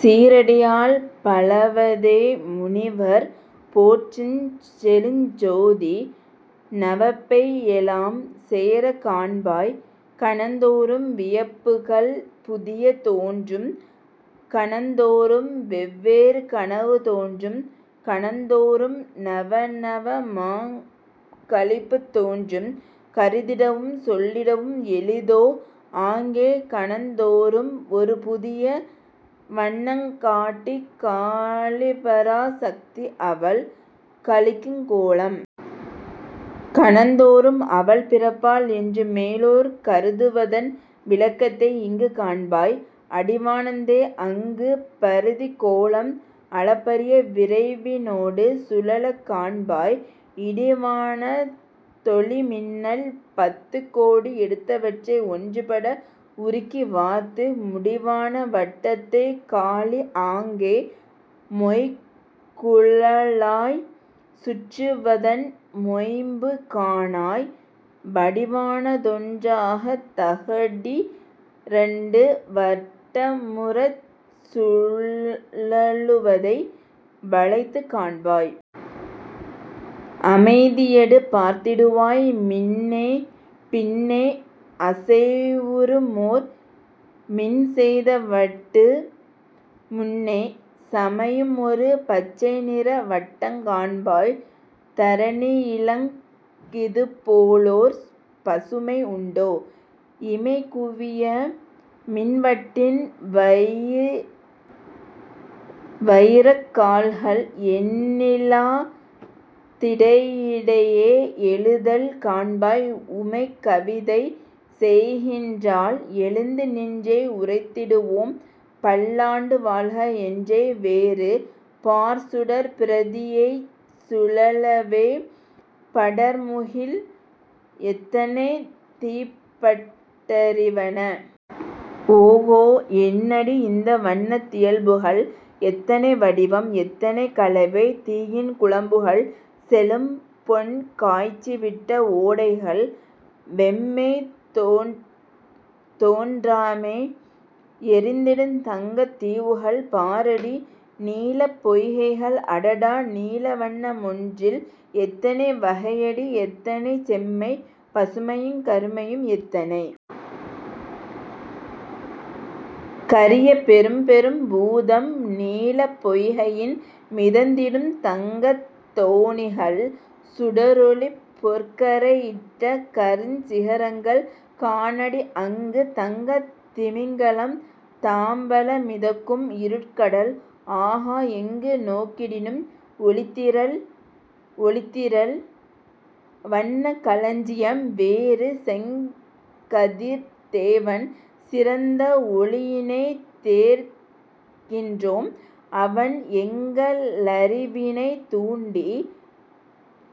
சீரடியால் பழவதே முனிவர் போற்றுஞ் செழுஞ்சோதி நவப்பையெலாம் சேரக் காண்பாய். 'கணந்தோறும் வியப்புக்கள் புதிய தோன்றும்; கணந்தோறும் வெவ்வேறு கனவு தோன்றும்; கணந்தோறும் நவநவமாங் களிப்புத் தோன்றும்; கருதிடவும் சொல்லிடவும் எளிதோ? ஆங்கே, கணந்தோறும் ஒருபுதிய வண்ணங் காட்டிக் காளிபரா சக்தி அவள் களிக்குங் கோலம்। கணந்தோறும் அவள் பிறப்பாள் என்று மேலோர் கருதுவதன் விளக்கத்தை இங்குக் காண்பாய். 'அடிவானத் தேஅங்கு பரிதிக் கோளம் அளப்பரிய விரைவினொடு சுழலக் காண்பாய் இடிவானத் தொளிமின்னல் பத்துக் கோடி எடுத்தவற்றை ஒன்றுபட உருக்கி வார்த்து, முடிவான வட்டத்தைக் காளி ஆங்கே மொய்குழலாய், சுழற்றுவதன் மொய்ம்பு காணாய்! வடிவான தொன்றாகத் தகடி ரண்டு வட்டமுறச் சுழலுவதை வளைந்து காண்பாய். அமைதியடு பார்த்திடுவாய் மின்னே! பின்னே அசைவுறுமோர் மின்செய்த வட்டு; முன்னே சமையுமொரு பச்சைநிற வட்டங் காண்பாய். தரணியிலிங் கிதுபோலோர் பசுமை உண்டோ? இமைகுவிய மின்வட்டின் வயிரக் கால்கள் எண்ணில்லா திடையிடையே எழுதல் காண்பாய்; உமை கவிதை செய்கின்றாள், எழுந்து நின்றே உரைத்திடுவோம்,''பல்லாண்டு வாழ்க! ''என்றே. வேறு 'பார்; சுடர்ப்பிரிதியைச் சூழவே படர்முகில் எத்தனை தீப்பட் டெரிவன? ஓகோ! என்னடி! இந்த வன்னத் தியல்புகள்! எத்தனை வடிவம்! எத்தனை கலவை! தீயின் குழம்புகள்! -செழும்பொன் காய்ச்சி விட்ட ஓடைகள்! -வெம்மை தோன்றாமே எரிந்திடுந் தங்கத் தீவுகள்! -பாரடி! நீலப் பொய்கைகள்! -அடடா, நீல வன்ன மொன்றில் எத்தனை வகையடி! எத்தனை செம்மை! பசுமையுங் கருமையும், எத்தனை! -கரிய பெரும்பெரும் பூதம்! நீலப் பொய்கையின் மிதந்திடுந் தங்கத் தோணிகள் சுடரொளிப் பொற்கரை யிட்ட கருஞ்சிக ரங்கள்! -காணடி, ஆங்கு தங்கத் திமிங்கிலம் தாம்பல மிதக்கும் இருட்கடல்! -ஆஹா! எங்கு நோக்கிடினும் ஒளித்திரள்! ஒளித்திரள்! வன்னக் களஞ்சியம்! ' வேறு 'செங்கதிர்த்தேவன் சிறந்த ஒளியினைத் தேர்கின்றோம்-அவன் எங்களறிவினைத் தூண்டி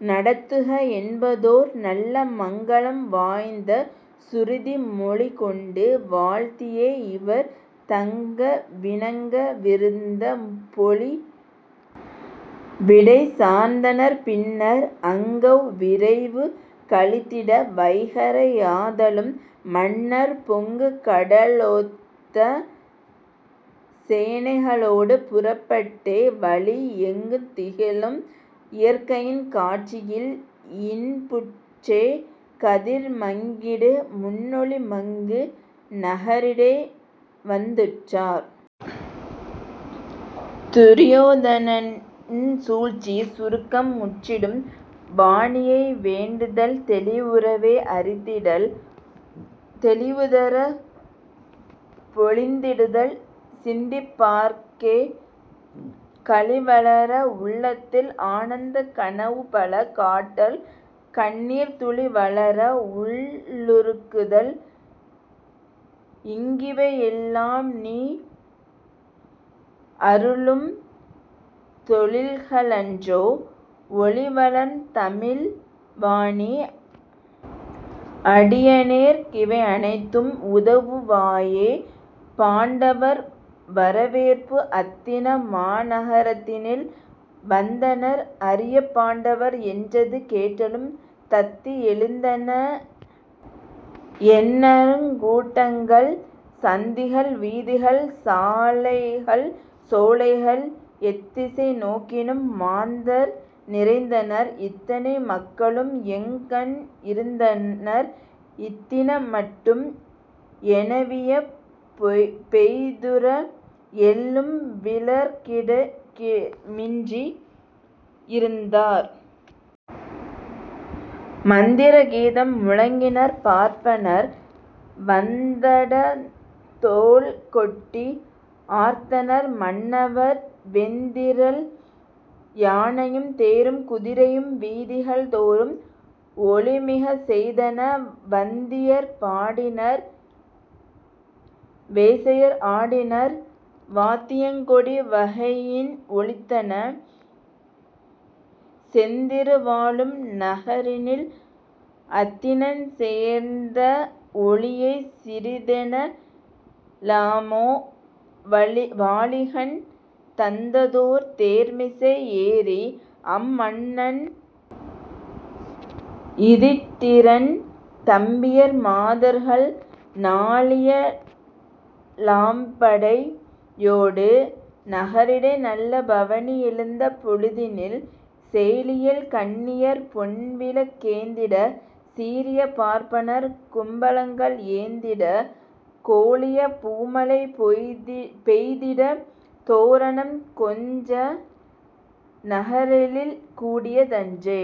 நடத்துக'என்பதோர் நல்ல மங்களம் வாய்ந்த சுருதி மொழிகொண்டு வாழ்த்தியே-இவர் தங்க வினங்க விருந்த பொழி விடைச்சார்ந் தனர்-பின்னர் அங்கவ் விரவு கழிந்திட, வைகறை யாதலும்-மன்னர் பொங்குகடலொத்த சேனைகளோடு புறப்பட்டே,-வழி எங்குந் திகழும் இயற்கையின் காட்சியில் இன்புற்றே,-கதிர் மங்கிடு முன்னொளி மங்கு நகரிடை வந்துற்றார். துரியோதனன் சூழ்ச்சிச் சுருக்கம் முற்றும். வாணியை வேண்டுதல் தெளிவுறவே அறிந்திடல்; தெளிவுதர மொழிந்திடுதல்; சிந்திப் பார்க்கே களிவளர உள்ளத்தில் ஆனந்தக் கனவுபல காட்டல், கண்ணீர்த் துளி வளரஉள் ளுருக்குதல், இங் கிவையெல்லாம் நீஅருளும் தொழில்க ளன்றோ? ஒளிவளருந் தமிழ் வாணீ! அடியனேற் கிவையனைத்தும் உதவு வாயே!. பாண்டவர் வரவேற்பு அத்தின மாநக ரத்தினில் வந்தனர் ஆரியப் பாண்டவர் என்றது கேட்டலும், தத்தி எழுந்தன எண்ணருங் கூட்டங்கள், சந்திகள், வீதிகள், சாலைகள், சோலைகள்; எத்திசை நோக்கினும் மாந்தர் நிறைந்தனர்; இத்தனை மக்களும் எங்கண் இருந்தனர் இத்தின மட்டும் எனவியப் பெய்துற எள்ளும் விழற்கிட மின்றி யிருந்தார். மந்திர கீதம் முழக்கினர் பார்ப்பனர்; வந்தடந் தோள்கொட்டி ஆர்த்தனர் மன்னவர்; வெந்திறல் யானையும் தேரும் குதிரையும் வீதிகள் தோறும் ஒலிமிகச் செய்தன; வந்தியர் பாடினர், வேசையர் ஆடினர்; வாத்தியங் கோடி வகையின் ஒலித்தன; செந்திரு வாழும் நகரினில் அத்தினஞ் சேர்ந்த ஒலியைச் சிறிதென லாமொ! வாலிகன் தந்ததொர் தேர்மிசை ஏறி, அம் மன்னன் யிதிட்டிரன் தம்பியர் மாதர்கள் நாலிய லாம்படை யோடு நகரிடை நல்ல பவனி எழுந்த பொழுதினில் சேலியல் கண்ணியர் பொன்விளக் கேந்திடச் சீரிய பார்ப்பனர் கும்பங்கள் ஏந்திடக் கோலிய பூமழை பெய்திடத் தோரணம் கொஞ்ச, நகரெழில் கூடிய தன்றே.